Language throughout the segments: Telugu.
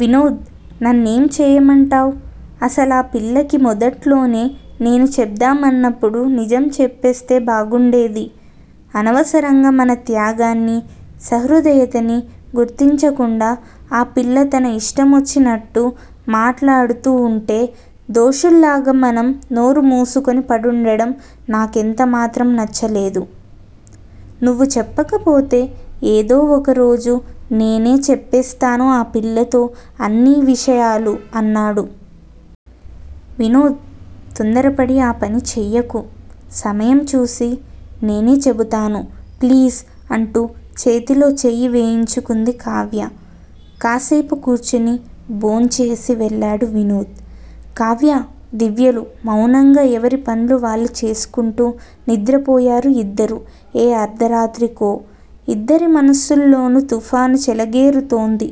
వినోద్! నన్నేం చెయ్యమంటావ్? అసలు ఆపిల్లకి మొదట్లోనే, నేను చెబ్దామన్నప్పుడు, నిజం చెప్పేస్తే బాగుండేది! అనవసరంగా, మన త్యాగాన్నీ, సహృదయతనీ గుర్తించకుండా, ఆ పిల్ల తన ఇష్టమొచ్చినట్టు మాట్లాడుతూ వుంటే, దోషుల్లాగా మనం నోరుమూసుకొని పడుండడం, నాకెంత మాత్రం నచ్చలేదు. నువ్వు చెప్పకపోతే, ఏదో ఒక రోజు నేనే చెప్పేస్తాను ఆ పిల్లతో అన్ని విషయాలూ అన్నాడు. వినోద్! తొందరపడి ఆ పని చెయ్యకు. సమయం చూసి నేనే చెబుతాను. ప్లీజ్! అంటూ చేతిలో చెయ్యి వేయించుకుంది కావ్య! కాస్సేపు కూర్చుని, భోంచేసి వెళ్ళాడు వినోద్! కావ్యా, దివ్యలు మౌనంగా ఎవరి పన్లు వాళ్లు చేసుకుంటూ, నిద్రపోయారు ఇద్దరూ ఏ అర్దరాత్రికో! ఇద్దరి మనసుల్లోనూ తుఫాను చెలగేరుతోంది!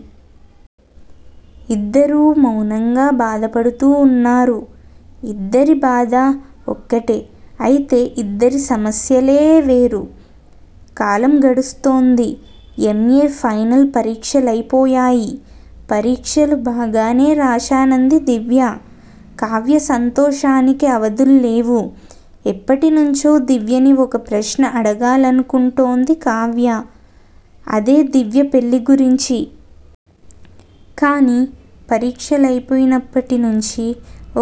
ఇద్దరూ మౌనంగా బాధపడుతూ వున్నారు. ఇద్దరి బాధా ఒక్కటి అయితే ఇద్దరి సమస్యలే వేరు. కాలం గడుస్తోంది. ఎమ్. ఏ. ఫైనల్ పరీక్షలయిపోయాయి. పరీక్షలు బాగానే రాశానంది దివ్య! కావ్య సంతోషానికి అవధుల్లేవు! ఎప్పటి నుంచో దివ్యని ఒకప్రశ్న అడగాలనుకుంటోంది కావ్య! అదే దివ్య పెళ్ళి గురించి. కానీ, పరీక్షలయిపోయినప్పటినుంచీ,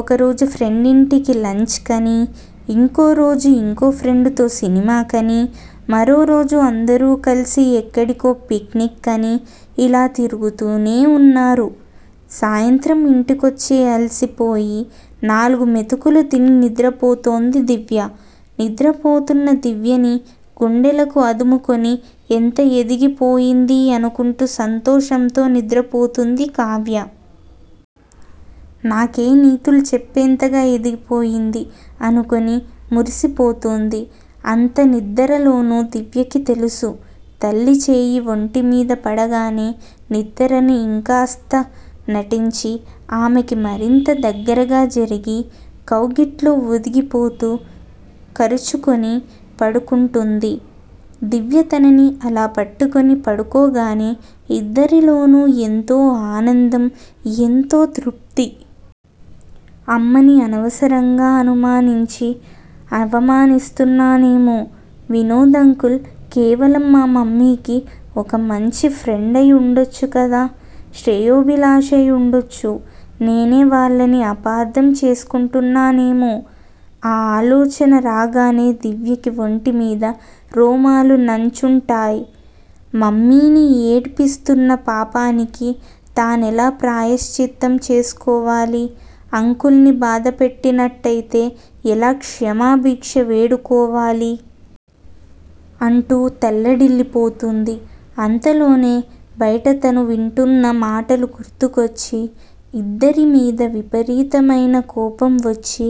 ఒకరోజు ఫ్రెండింటికి లంచ్ కనీ, ఇంకోరోజు ఇంకో ఫ్రెండుతో సినిమాకనీ, మరో రోజు అందరూ కలిసి ఎక్కడికో పిక్నిక్ కనీ, ఇలా తిరుగుతూనే వున్నారు. సాయంత్రం ఇంటికొచ్చి అలిసిపోయి, నాలుగు మెతుకులు తిని నిద్రపోతోంది దివ్య! నిద్రపోతూన్న దివ్యని గుండెలకి అదుముకొని ఎంత ఎదిగిపోయిందీ అనుకుంటూ సంతోషంతో నిద్రపోతుంది కావ్య! నాకే నీతులు చెప్పేంతగా ఎదిగిపోయింది! అనుకొని మురిసిపోతుంది! అంత నిద్దరలోనూ దివ్యకి తెలుసు, తల్లి చెయ్యి వొంటిమీద పడగానే, నిద్దరని ఇంకా కాస్త నటించి, ఆమెకి మరింత దగ్గరగా జరిగి, కౌగిట్లో ఒదిగిపోతూ, కరుచుకొని పడుకుంటుంది! దివ్య తనని అలా పట్టుకొని పడుకోగానే, ఇద్దరిలోనూ, ఎంతో ఆనందం, ఎంతో తృప్తి! అమ్మని అనవసరంగా అనుమానించి, అవమానిస్తున్నానేమో! వినోద్ అంకుల్ కేవలం మా మమ్మీకి, ఒక మంచి ఫ్రెండయి వుండొచ్చు కదా! శ్రేయోభిలాషై వుండొచ్చు! నేనే వాళ్ళని అపార్ధం చేసుకుంటున్నానేమో? ఆ ఆలోచన రాగానే, దివ్యకి వొంటిమీద రోమాలు నంచుంటాయ్! మమ్మీని ఏడిపిస్తున్న పాపానికీ, తానెలా ప్రాయశ్చిత్తం చేసుకోవాలి? అంకుల్ ని బాధపెట్టినట్టయితే, ఎలా క్షమాభిక్ష వేడుకోవాలి? అంటూ తల్లడిల్లిపోతుంది. అంతలోనే, బయట తను వింటూన్న మాటలు గుర్తుకొచ్చి, ఇద్దరి మీదా విపరీతమయిన కోపం వొచ్చి,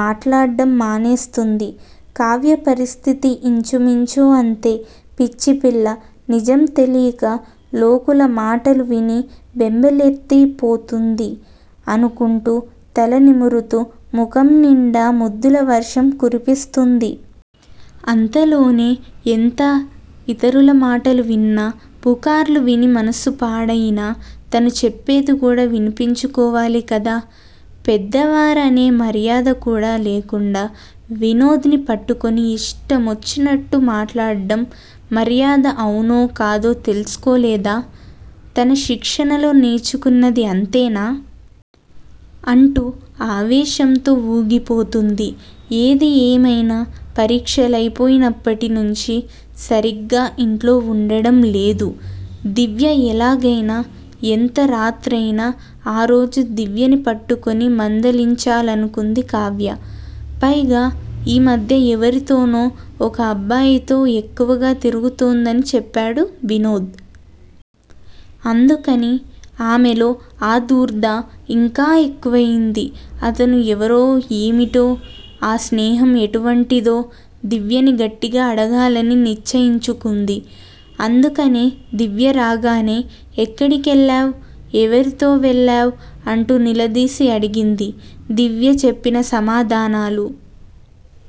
మాట్లాడ్డం మానేస్తుంది. కావ్య పరిస్థితీ ఇంచు మించు అంతే! పిచ్చిపిల్ల! నిజం తెలీక, లోకుల మాటలు విని, బెంబేలెత్తి పోతోంది. అనుకుంటూ తల నిమురుతూ, ముఖం నిండా ముద్దుల వర్షం కురిపిస్తుంది! అంతలోనే, ఎంత ఇతరుల మాటలు విన్నా, పుకార్లు విని మనసు పాడయినా, తను చెప్పేది కూడా వినిపించుకోవాలి కదా! పెద్దవారనే మర్యాద కూడా లేకుండా, వినోద్ ని పట్టుకొని ఇష్టం ఒచ్చినట్టు మాట్లాడడం, మర్యాద అవునో కాదో తెలసుకోలేదా? తన శిక్షణలో నేర్చుకున్నది. అంతేనా? అంటూ, ఆవేశంతో ఊగిపోతుంది. ఏది ఏమైనా, పరీక్షలయి పోయినప్పటి నుంచీ, సరిగ్గా ఇంట్లో వుండడం లేదు. దివ్య! ఎలాగైనా, ఎంత రాత్రైనా, ఆ రోజు దివ్యని పట్టుకొని మందలించాలను కుంది కావ్య! పైగా ఈ మధ్య ఎవరితోనో, ఒక అబ్బాయితో ఎక్కువగా తిరుగుతోందని చెప్పాడు వినోద్! అందుకని ఆమెలో ఆదూర్దా ఇంకా ఎక్కువైంది! అతను ఎవరో ఏమిటో, ఆ స్నేహం ఎటువంటిదో, దివ్యని గట్టిగా అడగాలని నిశ్చయించుకుంది! అందుకనే దివ్య రాగానే 'ఎక్కడి కెళ్ళావ్? ఎవరితో వెళ్ళావ్' అంటూ నిలదీసి అడిగింది! దివ్య చెప్పిన సమాధానాలు